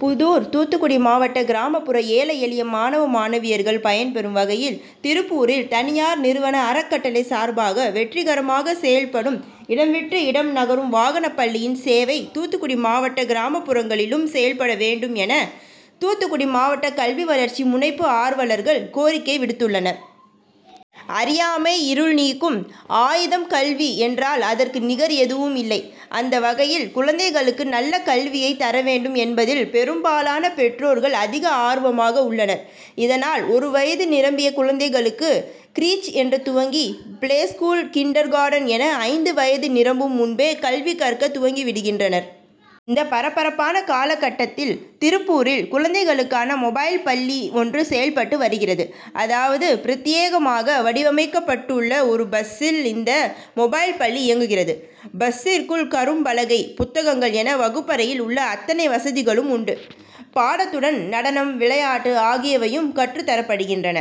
புதூர், தூத்துக்குடி மாவட்ட கிராமப் புற ஏழை எளிய மாணவ, மாணவியர்கள் பயன்பெறும் வகையில் திருப்பூரில் தனியார் நிறுவன அறக்கட்டளை சார்பாக வெற்றிகரமாக செயல்படும் இடம் விட்டு இடம் நகரும் வாகனப்பள்ளியின் சேவை தூத்துக்குடி மாவட்ட கிராமப்புறங்களிலும் செயல்பட வேண்டும் என தூத்துக்குடி மாவட்ட கல்வி வளர்ச்சி முனைப்பு ஆர்வலர்கள் கோரிக்கை விடுத்துள்ளனர். அறியாமை இருள் நீக்கும் ஆயுதம் கல்வி என்றால் அதற்கு நிகர் எதுவும் இல்லை. அந்த வகையில் குழந்தைகளுக்கு நல்ல கல்வியை தர வேண்டும் என்பதில் பெரும்பாலான பெற்றோர்கள் அதிக ஆர்வமாக உள்ளனர். இதனால் ஒரு வயது நிரம்பிய குழந்தைகளுக்கு கிரீச் என்று துவங்கி பிளே ஸ்கூல் கின்டர் கார்டன் என ஐந்து வயது நிரம்பும் முன்பே கல்வி கற்க துவங்கி விடுகின்றனர். இந்த பரபரப்பான காலகட்டத்தில் திருப்பூரில், குழந்தைகளுக்கான மொபைல் பள்ளி ஒன்று செயல்பட்டு வருகிறது. அதாவது பிரத்யேகமாக வடிவமைக்கப்பட்டுள்ள ஒரு பஸ்சில் இந்த மொபைல் பள்ளி இயங்குகிறது. பஸ்சிற்குள் கரும்பலகை, புத்தகங்கள் என வகுப்பறையில் உள்ள அத்தனை வசதிகளும் உண்டு. பாடத்துடன் நடனம், விளையாட்டு ஆகியவையும் கற்றுத் தரப்படுகின்றன.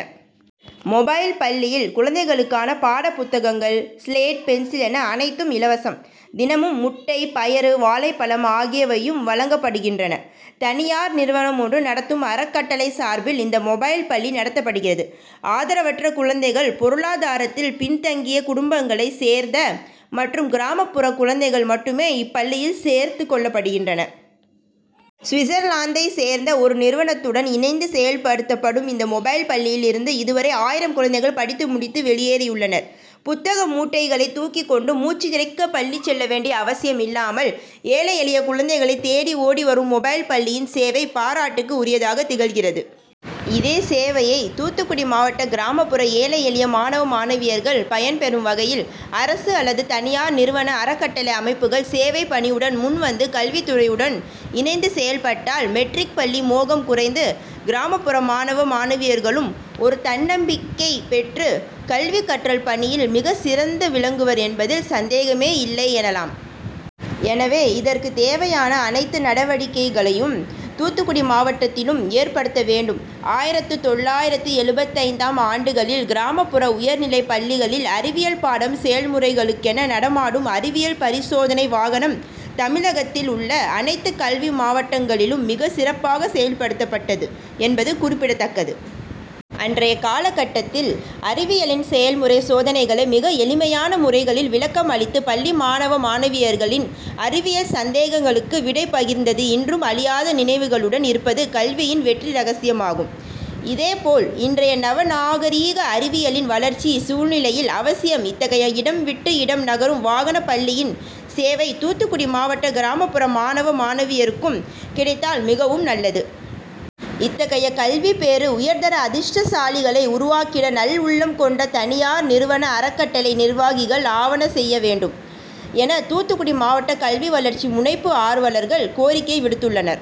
மொபைல் பள்ளியில் குழந்தைகளுக்கான பாடப்புத்தகங்கள், சிலேட், பென்சில் என அனைத்தும் இலவசம். தினமும் முட்டை, பயறு, வாழைப்பழம் ஆகியவையும் வழங்கப்படுகின்றன. தனியார் நிறுவனம் ஒன்று நடத்தும் அறக்கட்டளை சார்பில் இந்த மொபைல் பள்ளி நடத்தப்படுகிறது. ஆதரவற்ற குழந்தைகள் பொருளாதாரத்தில் பின்தங்கிய குடும்பங்களைச் சேர்ந்த மற்றும் கிராமப்புற குழந்தைகள் மட்டுமே இப்பள்ளியில் சேர்த்துக் கொள்ளப்படுகின்றனர். சுவிட்சர்லாந்தைச் சேர்ந்த ஒரு நிறுவனத்துடன் இணைந்து செயல்படுத்தப்படும் இந்த மொபைல் பள்ளியில் இருந்து இதுவரை ஆயிரம் குழந்தைகள் படித்து முடித்து வெளியேறியுள்ளனர். புத்தக மூட்டைகளை தூக்கிக் கொண்டு மூச்சிறைக்க பள்ளி செல்ல வேண்டிய அவசியம் இல்லாமல் ஏழை, எளிய குழந்தைகளைத் தேடி ஓடி வரும் மொபைல் பள்ளியின் சேவை பாராட்டுக்கு உரியதாக திகழ்கிறது. இதே சேவையை தூத்துக்குடி மாவட்ட கிராமப் புற ஏழை எளிய மாணவ, மாணவியர்கள் பயன் பெறும் வகையில் அரசு அல்லது தனியார் நிறுவன அறக்கட்டளை அமைப்புகள் சேவைப் பணியுடன் முன் வந்து கல்வித்துறையுடன் இணைந்து செயல்பட்டால் மெட்ரிக் பள்ளி மோகம் குறைந்து கிராமப்புற மாணவ, மாணவியர்களும் ஒரு தன்னம்பிக்கை பெற்று கல்வி கற்றல் பணியில் மிகச் சிறந்து விளங்குவர் என்பதில் சந்தேகமே இல்லை எனலாம். எனவே இதற்கு தேவையான அனைத்து நடவடிக்கைகளையும் தூத்துக்குடி மாவட்டத்திலும் ஏற்படுத்த வேண்டும். ஆயிரத்து தொள்ளாயிரத்து எழுபத்தைந்தாம் ஆண்டுகளில் கிராமப்புற உயர்நிலைப் பள்ளிகளில் அறிவியல் பாடம் செயல்முறைகளுக்கென நடமாடும் அறிவியல் பரிசோதனை வாகனம் தமிழகத்தில் உள்ள அனைத்து கல்வி மாவட்டங்களிலும் மிகச் சிறப்பாக செயல்படுத்தப்பட்டது என்பது குறிப்பிடத்தக்கது. அன்றைய காலகட்டத்தில் அறிவியலின் செயல்முறை சோதனைகளை மிக எளிமையான முறைகளில் விளக்கம் அளித்து பள்ளி மாணவ, மாணவியர்களின் அறிவியல் சந்தேகங்களுக்கு விடை பகிர்ந்தது இன்றும் அழியாத நினைவுகளுடன் இருப்பது கல்வியின் வெற்றி ரகசியமாகும். இதே போல் இன்றைய நவ நாகரீக அறிவியலின் வளர்ச்சி சூழ்நிலையில் அவசியம் இத்தகைய இடம் விட்டு இடம் நகரும் வாகனப் பள்ளியின் சேவை தூத்துக்குடி மாவட்ட கிராமப்புற மாணவ, மாணவியருக்கும் கிடைத்தால் மிகவும் நல்லது. இத்தகைய கல்விப் பேறு உயர்தர அதிர்ஷ்டசாலிகளை உருவாக்கிட நல்உள்ளம் கொண்ட தனியார் நிறுவன அறக்கட்டளை நிர்வாகிகள் ஆவன செய்ய வேண்டும் என தூத்துக்குடி மாவட்ட கல்வி வளர்ச்சி முனைப்பு ஆர்வலர்கள் கோரிக்கை விடுத்துள்ளனர்.